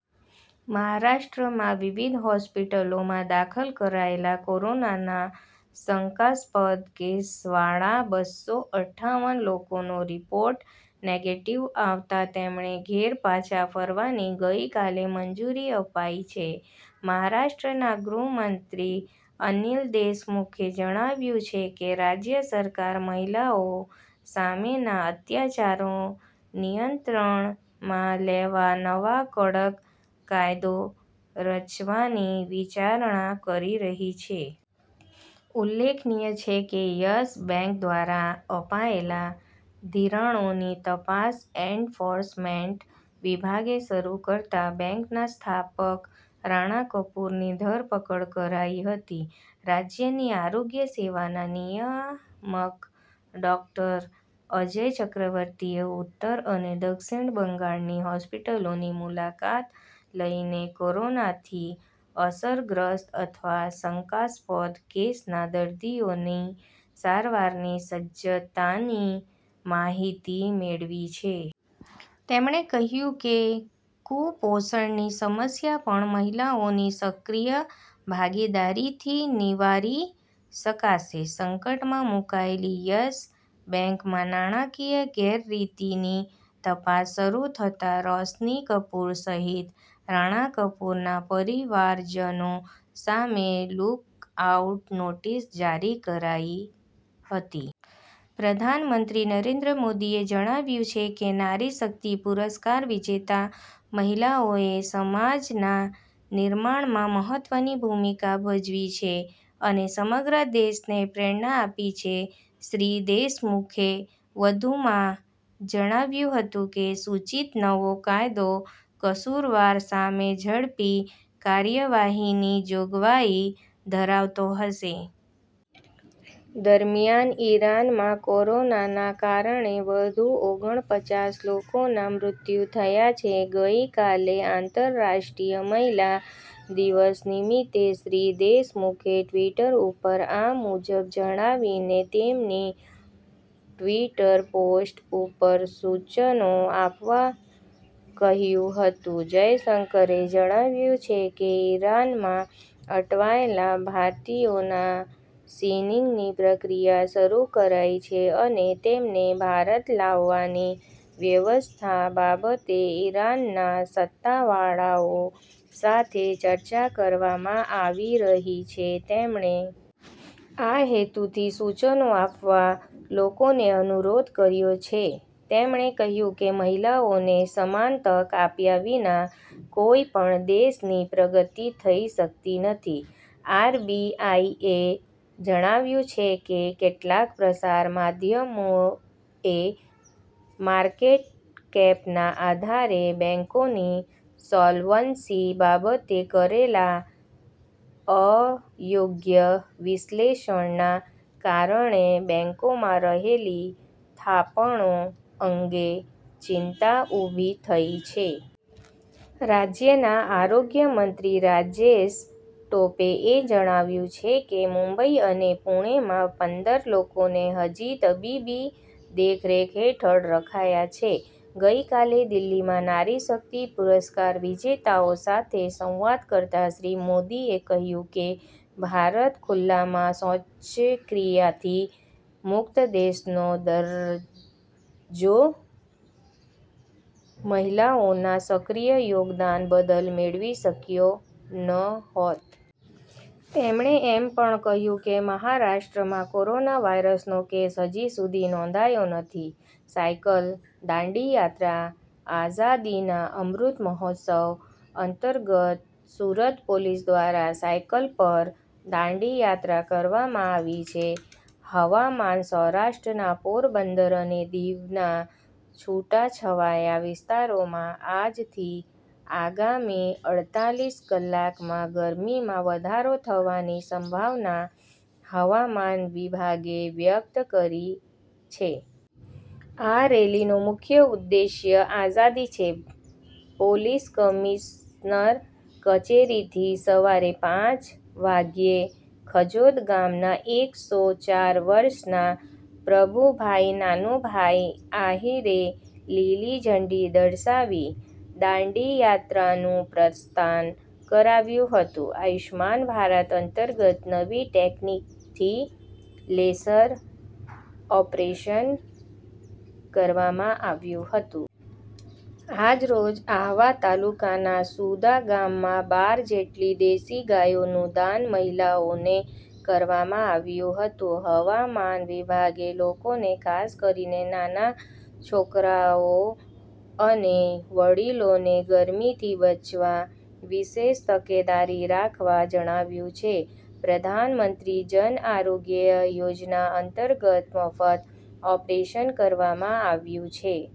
મહારાષ્ટ્રમાં વિવિધ હોસ્પિટલોમાં દાખલ કરાયેલા કોરોનાના શંકાસ્પદ કેસવાળા બસ્સો અઠ્ઠાવન લોકોનો રિપોર્ટ નેગેટિવ આવતા તેમણે ઘેર પાછા ફરવાની ગઈકાલે મંજુરી અપાઈ છે. મહારાષ્ટ્રના ગૃહમંત્રી અનિલ દેશમુખે જણાવ્યું છે કે રાજ્ય સરકાર મહિલાઓ સામેના અત્યાચારો નિયંત્રણમાં લેવા નવા કડક કાયદો રચવાની વિચારણા કરી રહી છે. ઉલ્લેખનીય છે કે યસ બેન્ક દ્વારા અપાયેલા ધિરાણોની તપાસ એન્ફોર્સમેન્ટ વિભાગે શરૂ કરતાં બેન્કના સ્થાપક રાણા કપૂરની ધરપકડ કરાઈ હતી. રાજ્યની આરોગ્ય સેવાના નિયામક ડોક્ટર અજય ચક્રવર્તીએ ઉત્તર અને દક્ષિણ બંગાળની હોસ્પિટલોની મુલાકાત લઈને કોરોનાથી અસરગ્રસ્ત અથવા શંકાસ્પદ કેસના દર્દીઓની સારવારની સજ્જતાની માહિતી મેળવી છે. તેમણે કહ્યું કે કુપોષણની સમસ્યા પણ મહિલાઓની સક્રિય ભાગીદારીથી નિવારી શકાશે .સંકટમાં મુકાયેલી યસ બેન્કમાં નાણાંકીય ગેરરીતિની તપાસ શરૂ થતાં રોશની કપુર સહિત રાણા કપૂરના પરિવારજનો સામે લૂક આઉટ નોટિસ જારી કરાઈ હતી. પ્રધાનમંત્રી નરેન્દ્ર મોદીએ જણાવ્યું છે કે નારી શક્તિ પુરસ્કાર વિજેતા મહિલાઓએ સમાજના નિર્માણમાં મહત્વની ભૂમિકા ભજવી છે અને સમગ્ર દેશને પ્રેરણા આપી છે .શ્રી દેશમુખે વધુમાં જણાવ્યું હતું કે સૂચિત નવો કાયદો કસૂરવાર સામે ઝડપી કાર્યવાહીની જોગવાઈ ધરાવતો હશે. દરમિયાન ઇરાનમાં કોરોનાના કારણે વધુ ઓગણપચાસ લોકોના મૃત્યુ થયા છે .ગઈકાલે આંતરરાષ્ટ્રીય મહિલા દિવસ નિમિત્તે શ્રી દેશમુખે ટવીટર ઉપર આ મુજબ જણાવીને તેમની ટવીટર પોસ્ટ ઉપર સૂચનો આપવા કહ્યું હતું. જયશંકરે જણાવ્યું છે કે ઇરાનમાં અટવાયેલા ભારતીયોના સિનિંગની પ્રક્રિયા શરૂ કરાઈ છે અને તેમને ભારત લાવવાની વ્યવસ્થા બાબતે ઇરાનના સત્તાવાળાઓ સાથે ચર્ચા કરવામાં આવી રહી છે .તેમણે આ હેતુથી સૂચનો આપવા લોકોને અનુરોધ કર્યો છે તેમણે કહ્યું કે મહિલાઓને સમાન તક આપ્યા વિના કોઈપણ દેશની પ્રગતિ થઈ શકતી નથી. આરબીઆઈએ જણાવ્યું છે કે કેટલાંક પ્રસાર માધ્યમોએ માર્કેટકેપના આધારે બેન્કોની સોલ્વન્સી બાબતે કરેલા અયોગ્ય વિશ્લેષણના કારણે બેન્કોમાં રહેલી થાપણો અંગે ચિંતા ઊભી થઈ છે. રાજ્યના આરોગ્યમંત્રી રાજેશ ટોપે એ જણાવ્યું છે કે મુંબઈ અને પૂણેમાં પંદર લોકોને હજી તબીબી દેખરેખ હેઠળ રખાયા છે. ગઈકાલે દિલ્હીમાં નારી શક્તિ પુરસ્કાર વિજેતાઓ સાથે સંવાદ કરતાં શ્રી મોદીએ કહ્યું કે ભારત ખૂલ્લામાં શૌચક્રિયાથી મુક્ત દેશનો દરજ્જો મહિલાઓના સક્રિય યોગદાન બદલ મેળવી શક્યો નહોત. તેમણે એમ પણ કહ્યું કે મહારાષ્ટ્રમાં કોરોના વાયરસનો કેસ હજી સુધી નોંધાયો નથી. સાયકલ દાંડી યાત્રા આઝાદીના અમૃત મહોત્સવ અંતર્ગત સુરત પોલીસ દ્વારા સાયકલ પર દાંડી યાત્રા કરવામાં આવી છે. હવામાન સૌરાષ્ટ્રના પોરબંદર અને દીવના છૂટાછવાયા વિસ્તારોમાં આજથી આગામી અડતાલીસ કલાકમાં ગરમીમાં વધારો થવાની સંભાવના હવામાન વિભાગે વ્યક્ત કરી છે. આ રેલીનો મુખ્ય ઉદ્દેશ્ય આઝાદી છે પોલીસ કમિશનર કચેરીથી સવારે પાંચ વાગ્યે ખજોદ ગામના એક સો ચાર વર્ષના પ્રભુભાઈ નાનુભાઈ આહીરે લીલી ઝંડી દર્શાવી દાંડીયાત્રાનું પ્રસ્થાન કરાવ્યું હતું આયુષ્માન ભારત અંતર્ગત નવી ટેકનીકથી લેસર ઓપરેશન કરવામાં આવ્યું હતું. આજરોજ આહવા તાલુકાના સુદા ગામમાં બાર જેટલી દેશી ગાયો નું દાન મહિલાઓને કરવામાં આવ્યું હતું હવામાન વિભાગે લોકોને ખાસ કરીને નાના છોકરાઓ અને વડીલોને ગરમીથી બચવા વિશેષ તકેદારી રાખવા જણાવ્યું છે પ્રધાનમંત્રી જન આરોગ્ય યોજના અંતર્ગત મફત ઓપરેશન કરવામાં આવ્યું છે.